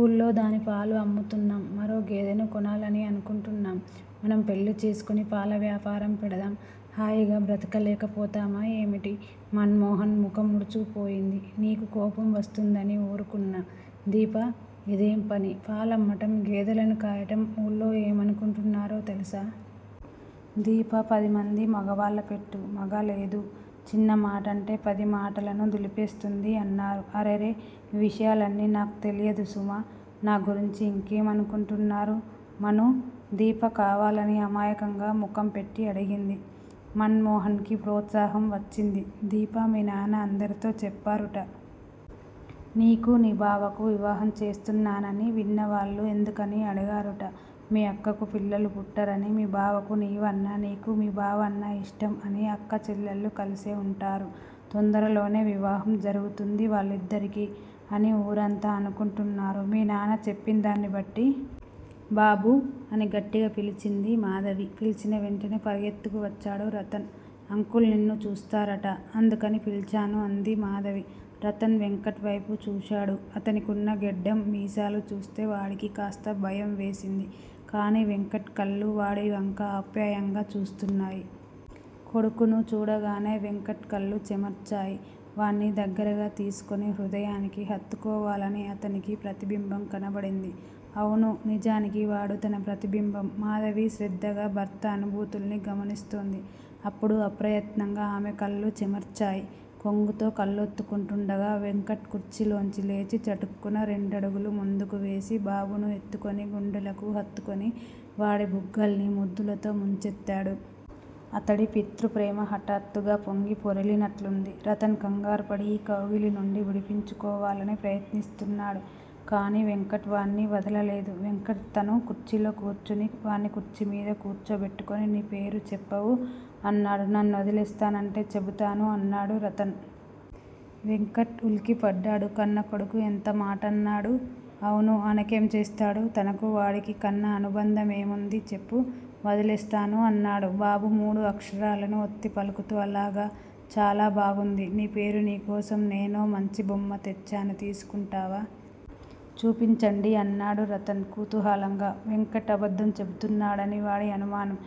ఊళ్ళోదాని పాలు అమ్ముతున్నాం. మరో గేదెని కొనాలని అనుకుంటున్నాం, మనం పెళ్లిచేసుకుని పాల వ్యాపారం పెడదాం. హాయిగా బ్రతకలేక పోతామా ఏమిటి. మన్ మోహన్ ముఖం ముడుచుకు పోయింది. నీకు కోపం వస్తుందని ఊరుకున్నా దీపా! ఇదేంపని! పాలమ్మటం గేదెలని కాయటం ఊళ్ళో ఏమనుకుంటున్నారో తెలుసా. దీప పదిమంది మగవాళ్ళపెట్టు, మగాలేదు. చిన్నమాటంటే పది మాటలని దులిపేస్తుంది అన్నారు. అరెరె, ఈ విషయాలన్నీ నాకు తెలియదు సుమా! నా గురించి ఇంకేమనుకుంటున్నారు మనూ? దీప కావాలని అమాయకంగా ముఖంపెట్టి అడిగింది. మన్ మోహన్ కి ప్రోత్సాహం వచ్చింది. దీపా! మీనాన్న అందరితో చెప్పారుట. నీకు నీ బావకు వివాహం చేస్తున్నానని, విన్నవాళ్ళు ఎందుకని అడిగారుట. మీ అక్కకు పిల్లలు పుట్టరని మీ బావకు నీవన్నా నీకు మీ బావన్నా ఇష్టం అని అక్కచెల్లెళ్ళు కలిసే ఉంటారు. తొందరలోనే వివాహం జరుగుతుంది వాళ్ళిద్దరికి అని ఊరంత అనుకుంటున్నారు మీ నాన్న చెప్పిందాన్నిబట్టి. బాబూ! అని గట్టిగా పిలిచింది. మాధవి. పిలిచినా వేంటనే పరుగెత్తుకువచ్చాడు రతన్. అంకుల్ నిన్ను చూస్తారట. అందుకని పిలిచాను అంది మాధవి. రతన్ వెంకట్ వైపు చూశాడు. అతనికున్న గెడ్డం, మీసాలు చూస్తె వాడికి కాస్త భయం వేసింది. కానీ వెంకట్ కళ్ళు వాడి వంక ఆప్యాయంగా చూస్తున్నాయి. కొడుకును చూడగానే వెంకట్ కళ్ళు చెమర్చాయి. వాణ్ణి దగ్గరగా తీసుకుని హృదయానికి హత్తుకోవాలని అతనికి ప్రతిబింబం కనబడింది. అవును _ నిజానికి వాడు తన ప్రతిబింబం! మాధవి శ్రద్దగా భర్త అనుభూతుల్ని గమనిస్తోంది. అప్పుడు అప్రయత్నంగా ఆమె కళ్ళు చెమర్చాయి. కొంగుతో కళ్ళోత్తుకుంటూండగా వెంకట్ కుర్చీలోంచి లేచి చటుక్కున రెండడుగులు ముందుకు వేసి బాబును ఎత్తుకుని గుండెలకు హత్తుకుని, వాడి బుగ్గల్ని ముద్దులతో ముంచెత్తాడు. అతడి పితృప్రేమ హఠాత్తుగా పొంగి పొరలినట్లుంది. రతన్ కంగారుపడి ఈ కౌగిలి నుండి విడిపించుకోవాలని ప్రయత్నిస్తున్నాడు. కానీ వెంకట్ వాణ్ణి వదలలేదు. వెంకట్ తను కుర్చీలో కూర్చుని, వాణ్ణి కుర్చీ మీద కూర్చోబెట్టుకుని _ నీ పేరు చెప్పవూ? అన్నాడు. నన్నోదిలేస్తానంటే చెబుతాను అన్నాడు రతన్. వెంకట్ ఉలిక్కిపడ్డాడు. 'కన్నకొడుకు ఎంత మాటన్నాడు? అవును _ అనకేం చేస్తాడు? తనకూ వాడికీ కన్న అనుబంధమేముంది? చెప్పు _ వదిలేస్తాను అన్నాడు బాబు మూడు అక్షరాలను ఒత్తిపలుకుతూ. అలాగా చాలా బాగుంది. నీ పేరు నీ కోసం నేనో మంచి బొమ్మ తెచ్చాను. తీసుకుంటావా? చూపించండి అన్నాడు రతన్ కూతుహాలంగా. వెంకట్ అబద్దం చేబుతున్నాడని వాడి అనుమానం.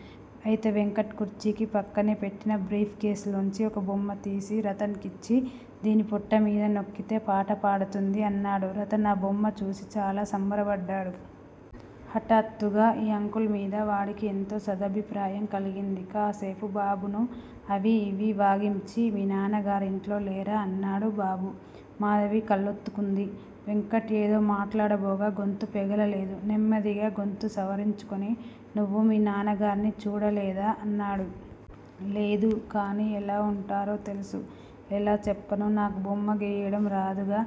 అయితే వెంకట్ కుర్చీకి పక్కనే పెట్టిన భ్రీఫ్ కేస్ లోంచి ఒక బొమ్మ తీసి రతన్ కిచ్చి _ దీని పొట్ట మీద నొక్కితే పాట పాడుతుంది. అన్నాడు. రతన్ ఆ బొమ్మ చూసి చాలా సంబరబడ్డాడు. హఠాత్తుగా ఈ అంకుల్ మీద వాడికి ఎంతో సదభిప్రాయం కలిగింది. కాసేపు బాబును అవీ ఇవీ వాగిమ్చి, మీ నాన్నగారింట్లో లేరా? అన్నాడు బాబు. మాధవి కళ్ళోత్తుకుంది. వెంకట్ ఏదో మాట్లాడబోగా గొంతు పెగలలేదు. నెమ్మదిగా గొంతు సవరించుకుని, నువ్వు మీ నాన్నగార్ని చూడలేదా? అన్నాడు. లేదు. కానీ ఎలా వుంటారో తెలుసు. ఎలా చెప్పను _ నాకు బొమ్మ గీయడం రాదుగా?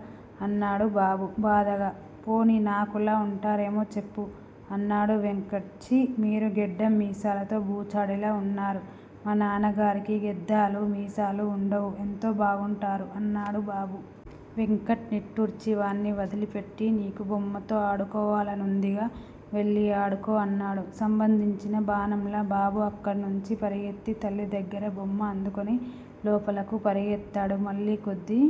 అన్నాడు బాబు బాధగా. పోనీ నాకులా ఉంటరేమో చెప్పు! అన్నాడు వెంకట్. ఛీ! మీరు గెడ్డం మీసాలతో బూచాడిలా వున్నారు. మా నాన్నగారికి గేద్దాలూ, మీసాలూ వుండవు, ఎంతో బాగుంటారు అన్నాడు బాబు. వెంకట్ నిట్టూర్చి వాణ్ని వదిలిపేట్టి, నీకు బొమ్మతో ఆడుకోవాలనుందిగా _ వెళ్ళి ఆడుకో అన్నాడు. సంభందించిన బాణంలా బాబు అక్కణ్ణుంచి పరుగెత్తి తల్లి దగ్గర బొమ్మ అందుకుని లోపలకు పరుగెత్తాడు. మళ్ళీ కొద్ది